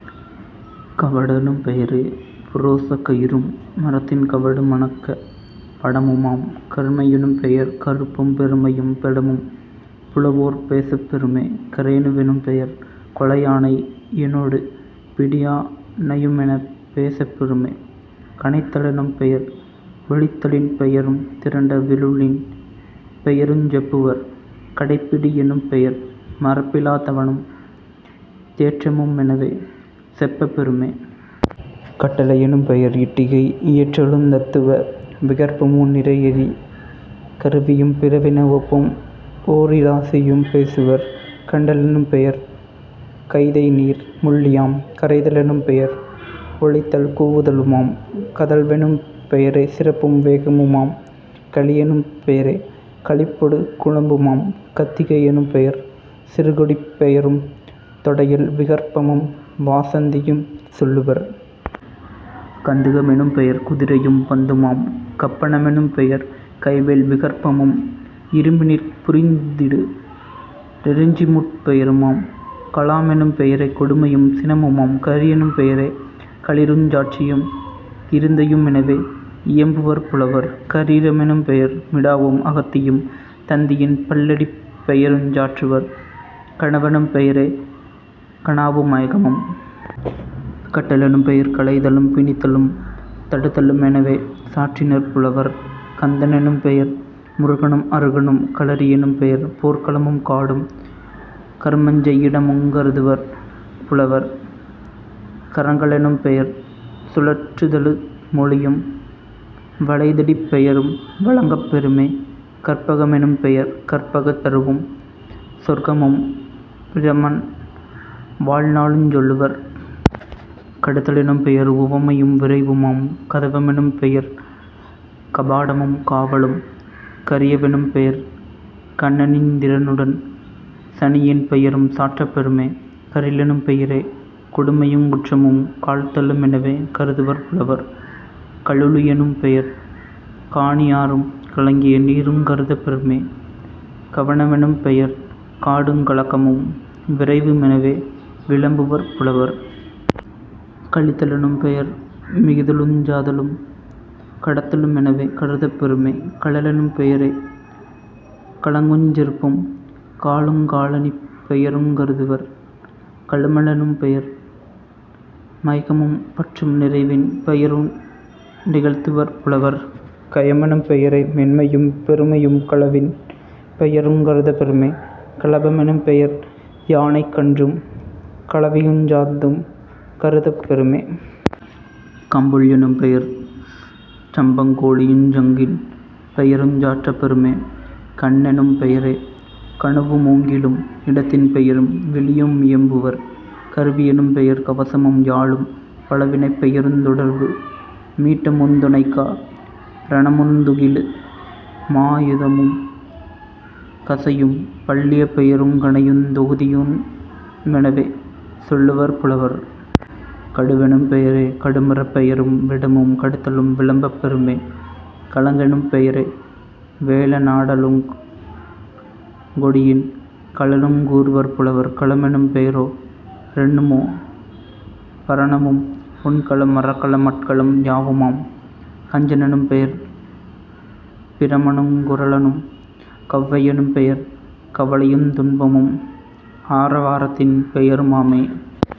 கவடெனும் பெயரே புரோசக் கயிறும் மரத்தின் கவடு மனக்க படமுமாம்..... கருமை யெனும்பெயர் கறுப்பும் பெருமையும் பெலமும் புலவோர் பேசப் பெறுமே..... கரேணு வெனும்பெயர் கொலையானை யினொடு பிடியா னையுமெனப் பேசப் பெறுமே..... கனைத்த லெனும்பெயர் ஒலித்தலின் பெயரும் திரண்ட விருளின் பெயருஞ் செப்புவர்..... கடைப்பிடி யெனும்பெயர் மறப்பிலா தவனும் தேற்றமு மெனவே செப்பப் பெறுமே..... கட்டளை யெனும்பெயர் இட்டிகை யியற்றலுந் தத்துவ விகற்பமு நிறையறி கருவியும் பிறவின ஒப்பும் ஓரிராசியும் பேசுவர்..... கண்ட லெனும்பெயர் கைதைநீர் முள்ளியாம்.... கரைதல் எனும்பெயர் ஒலித்தல் கூவுதலுமாம்..... கதழ்வெனும் பெயரே சிறப்பும் வேகமுமாம்..... களியெனும் பெயரே களிப்பொடு குழம்புமாம்..... கத்திகை யெனும் பெயர் சிறுகொடிப் பெயரும் தொடையல் விகற்பமும் வாசந்தியும் சொல்லுவர்..... கந்துக மெனும்பெயர் குதிரையும் பந்துமாம்..... கப்பண மெனும்பெயர் கைவேல் விகற்பமும் இரும்பினிற் புரிந்திடு நெருஞ்சிமுட் பெயருமாம்..... கலாமெனும் பெயரே கொடுமையும் சினமுமாம்.... கரியெனும் பெயரே களிறுஞ் சாட்சியும் இருந்தையு மெனவே யியம்புவர் புலவர்..... கரீர மெனும்பெயர் மிடாவும் அகத்தியும் தந்தியின் பல்லடிப் பெயருஞ் சாற்றுவர்..... கனவெனும் பெயரே கனாவு மயக்கமும்..... கட்ட லெனும்பெயர் களைதலும் பிணித்தலும் தடுத்தலும் மெனவே சாற்றினர் புலவர்..... கந்த னெனும்பெயர் முருகனும் அருகனும்..... களரி யெனும்பெயர் போர்க்களமும் காடும் கருமஞ் செய்யிட முங்கருதுவர் புலவர்..... கறங்கலெனும்பெயர் சுழற்றுதலு மொலியும் வளைதடிப் பெயரும் வழங்கப் பெறுமே..... கற்பக மெனும்பெயர் கற்பக தருவும் சொர்க்கமும் பிரமன் வாழ்நாளுஞ் சொல்லுவர்..... கடுத்தல் எனும்பெயர் உவமையும் விரைவுமாம்..... கதவ மெனும்பெயர்க் கபாடமும் காவலும்..... கரியவ னெனும்பெயர் கண்ணனிந் திரனுடன் சனியின் பெயரும் சாற்றப் பெறுமே..... கரிலெனும் பெயரே கொடுமையுங் குற்றமும் காழ்த்தலு மெனவே கருதுவர் புலவர்..... கலுழி யெனும்பெயர் கானி யாறும் கலங்கிய நீருங் கருதப் பெறுமே..... கவன மெனும்பெயர் காடுங் கலக்கமும் விரைவு மெனவே விளம்புவர் புலவர்.....। கழித்த லெனும்பெயர் மிகுதலுஞ் சாதலும் கடத்தலு மெனவே கருதப் பெறுமே..... கழலெனும் பெயரே கழங்குஞ் செருப்பும் காலுங் காலணிப் பெயருங் கருதுவர்..... கழும லெனும்பெயர் மயக்கமும் பற்றும் நிறைவின் பெயரு நிகழ்த்துவர் புலவர்..... கயமெனும் பெயரே மென்மையும் பெருமையும் களவின் பெயருங் கருதப் பெறுமே..... களப மெனும்பெயர் யானைக் கன்றும் கலவையுஞ் சாந்தும் கருதப் பெறுமே..... கம்புள் எனும்பெயர் சம்பங் கோழியுஞ் சங்கின் பெயருஞ் சாற்றப் பெறுமே..... கண்ணெனும் பெயரே கணுவு மூங்கிலும் இடத்தின் பெயரும் விழியு மியம்புவர்..... கருவி யெனும்பெயர் கவசமும் யாழும் பலவினைப் பெயருந் தொடர்பு மீட்டமுந் துணைக்கா ரணமுந் துகிலு மாயுதமும் கசையும் பல்லியப் பெயருங் கலணையுந் தொகுதியு மெனவே சொல்லுவர் புலவர்..... கடுவெனும் பெயரே கடுமரப் பெயரும் விடமும் கடுத்தலும் விளம்பப் பெறுமே..... கழங்கெனும் பெயரே வேலனாடலுங் கொடியின் கழலுங் கூறுவர் புலவர்..... கலமெனும் பெயரோ ரெண்ணுமா பரணமும் உண்கல மரக்கல மட்கலம் யாவுமாம்..... கஞ்ச னெனும்பெயர் பிரமனுங் குறளனும்..... கவ்வை யெனும்பெயர் கவலையுந்துன்பமும் ஆர வாரத்தின் பெயருமாமே.....